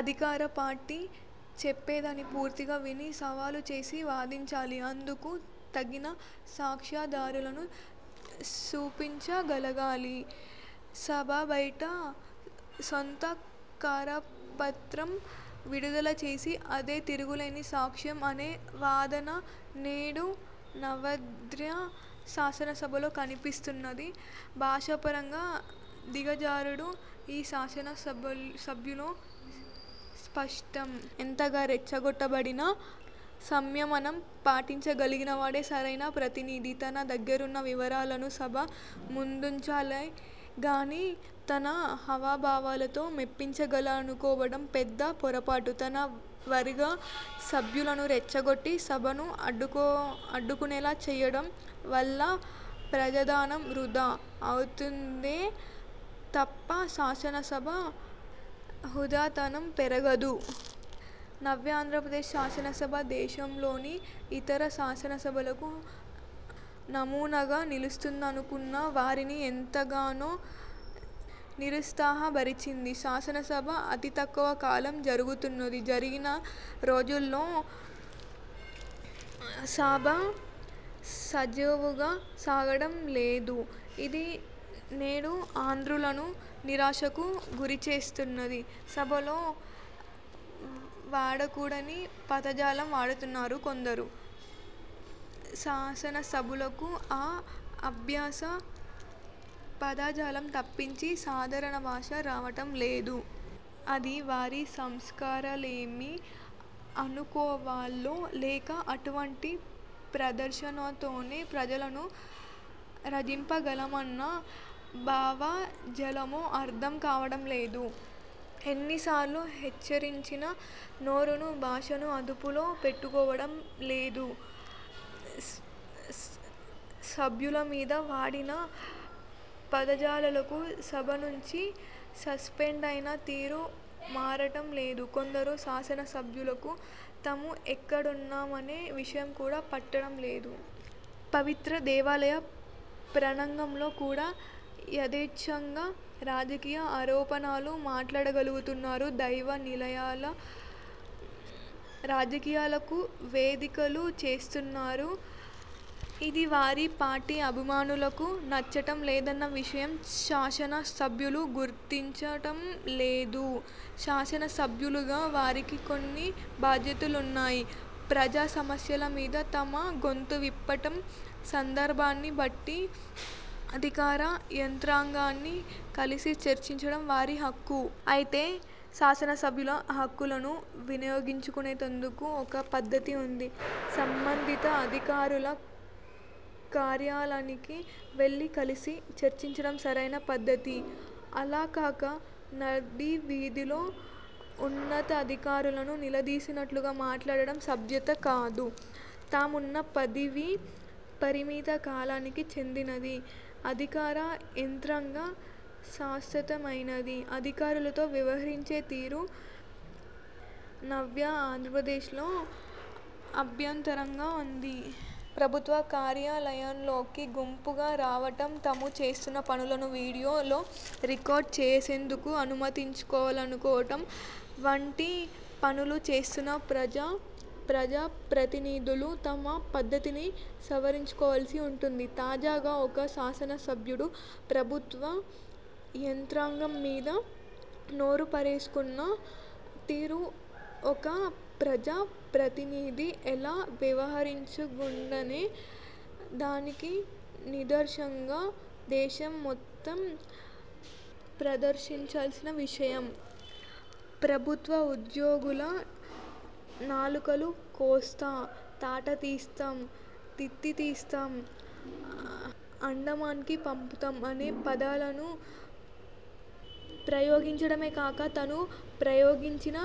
అధికార పార్టీ చెప్పేదానిని పూర్తిగా విని, సవాలు చేసి వాదించాలి. అందుకు తగిన సాక్ష్యాధారాలను చూపించగలగాలి. సభ బయట సొంత కరపత్రం విడుదల చేసి అదే తిరుగులేని సాక్ష్యం అనే వాదన నేడు నవ్యాంధ్ర శాసనసభలో కనిపిస్తున్నది. భాషాపరంగా దిగజారుడు ఈ శాసన సభ్యులలో స్పష్టం. ఎంతగా రెచ్చగొట్టబడినా సంయమనం పాటించగలిగినవాడే సరైన ప్రతినిధి. తన దగ్గరున్న వివరాలను సభ ముందుంచాలే గానీ తన హావభావాలతో మెప్పించగలననుకోవడం పెద్ద పొరపాటు. తన వర్గ సభ్యులను రెచ్చగొట్టి, సభను అడ్డుకునేలా చేయటం వల్ల ప్రజాధనం వృధా అవుతుందే తప్ప శాసన సభ హుందాతనం పెరగదు. నవ్యాంధ్రప్రదేశ్ శాసనసభ దేశంలోని ఇతర శాసనసభలకు నమూనాగా నిలుస్తుందనుకున్న వారిని ఎంతగానో నిరుత్సాహపరిచింది. శాసనసభ అతి తక్కువ కాలం జరుగుతున్నది. జరిగిన రోజులలో సభ సజావుగా సాగటం లేదు. ఇది నేడు ఆంధ్రులను నిరాశకు గురిచేస్తున్నది. సభలో వాడకూడని పదజాలం వాడుతున్నారు. కొందరు శాసనసభ్యులకు ఆ అసభ్య పదజాలం తప్పించి సాధారణ భాష రావటం లేదు. అది వారి సంస్కారలేమి అనుకోవాలో లేక అటువంటి ప్రదర్శనతోనే ప్రజలను రంజింపగలమన్న భావజాలమో అర్థం కావటం లేదు. ఎన్నిసార్లు హెచ్చరించినా నోరును, భాషను అదుపులో పెట్టుకోవటం లేదు. సభ్యుల మీద వాడిన పదజాలాలకు సభ నుంచి సస్సెండయినా తీరు మారటం లేదు. కొందరు శాసనసభ్యులకు తాము ఎక్కడ ఉన్నామనే విషయం కూడా పట్టడం లేదు. పవిత్ర దేవాలయ ప్రాంగణంలో కూడా యధేచ్ఛగా రాజకీయ ఆరోపణలు మాట్లాడగలుగుతున్నారు. దైవ నిలయాలు రాజకీయాలకు వేదికలు చేస్తున్నారు. ఇది వారి పార్టీ అభిమానులకు నచ్చటం లేదన్న విషయం శాసనసభ్యులు గుర్తించటంలేదు. శాసన సభ్యులుగా వారికి కొన్ని బాధ్యతలున్నాయి. ప్రజా సమస్యల మీద తమ గొంతు విప్పటం, సందర్భాన్ని బట్టి అధికార యంత్రాంగాన్ని కలిసి చర్చించటం వారి హక్కు. అయితే శాసనసభ్యుల హక్కులను వినియోగించుకునేందుకు ఒక పద్ధతి వుంది. సంబంధిత అధికారుల కార్యాలయానికి వెళ్ళి కలసి చర్చించటం సరైన పద్ధతి. అలా కాక నడి వీధిలో ఉన్నతాధికారులను నిలదీసినట్లుగా మాట్లాడటం సభ్యత కాదు. తామున్న పదవి పరిమిత కాలానికి చెందినది. అధికార యంత్రాంగం శాశ్వతమైనది. అధికారులతో వ్యవహరించే తీరు నవ్యాంధ్రప్రదేశ్లో అభ్యంతరకరంగా వుంది. ప్రభుత్వ కార్యాలయాలలోకి గుంపుగా రావటం, తాము చేస్తున్న పనులను వీడియోలో రికార్డు చేసేందుకు అనుమతించాలనుకోవటం వంటి పనులు చేస్తున్న ప్రజా ప్రజాప్రతినిధులు తమ పద్ధతిని సవరించుకోవాల్సి వుంటుంది. తాజాగా ఒక శాసన సభ్యుడు ప్రభుత్వ యంత్రాంగం మీద నోరుపారేసుకున్న తీరు ఒక ప్రజాప్రతినిధి ఎలా వ్యవహరించకూడదనే దానికి నిదర్శనంగా దేశం మొత్తం ప్రదర్శించాల్సిన విషయం. ప్రభుత్వ ఉద్యోగుల నాలుకలు కోస్తా, తాట తీస్తాం, తిత్తి తీస్తాం, అండమాన్కి పంపుతాం అనే పదాలను ప్రయోగించడమే కాక తాను ప్రయోగించిన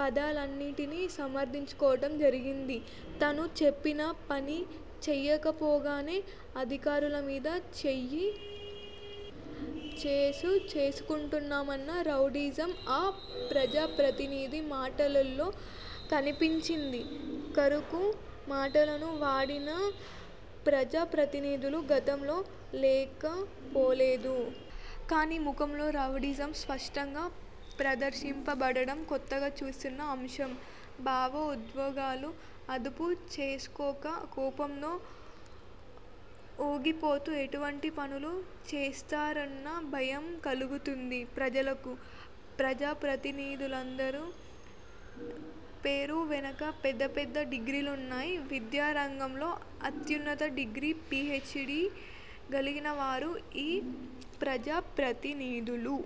పదాలన్నింటినీ సమర్థించుకోవటం జరిగింది. తాను చెప్పిన పని చేయకపోగానే అధికారుల మీద చేయి చేసుచేసుకుంటామన్న రౌడీయిజం ఆ ప్రజాప్రతినిధి మాటలలో కనిపించింది. కరుకు మాటలను వాడిన ప్రజాప్రతినిధులు గతంలో లేకపోలేదు. కానీ ముఖంలో రౌడీయిజం స్పష్టంగా ప్రదర్శింపబడడం కొత్తగా చూస్తున్న అంశం. భావోద్వేగాలు అదుపు చేసుకోక, కోపంతో ఊగిపోతూ, ఎటువంటి పనులు చేస్తారోన్న భయం కలుగుతోంది ప్రజలకు. ప్రజాప్రతినిధులందరి పేరు వెనక పెద్ద పెద్ద డిగ్రీలున్నాయి. విద్యారంగంలో అత్యున్నత డిగ్రీ, పి. హెచ్. డి. కలిగిన వారు ఈ ప్రజా ప్రతినిధులు.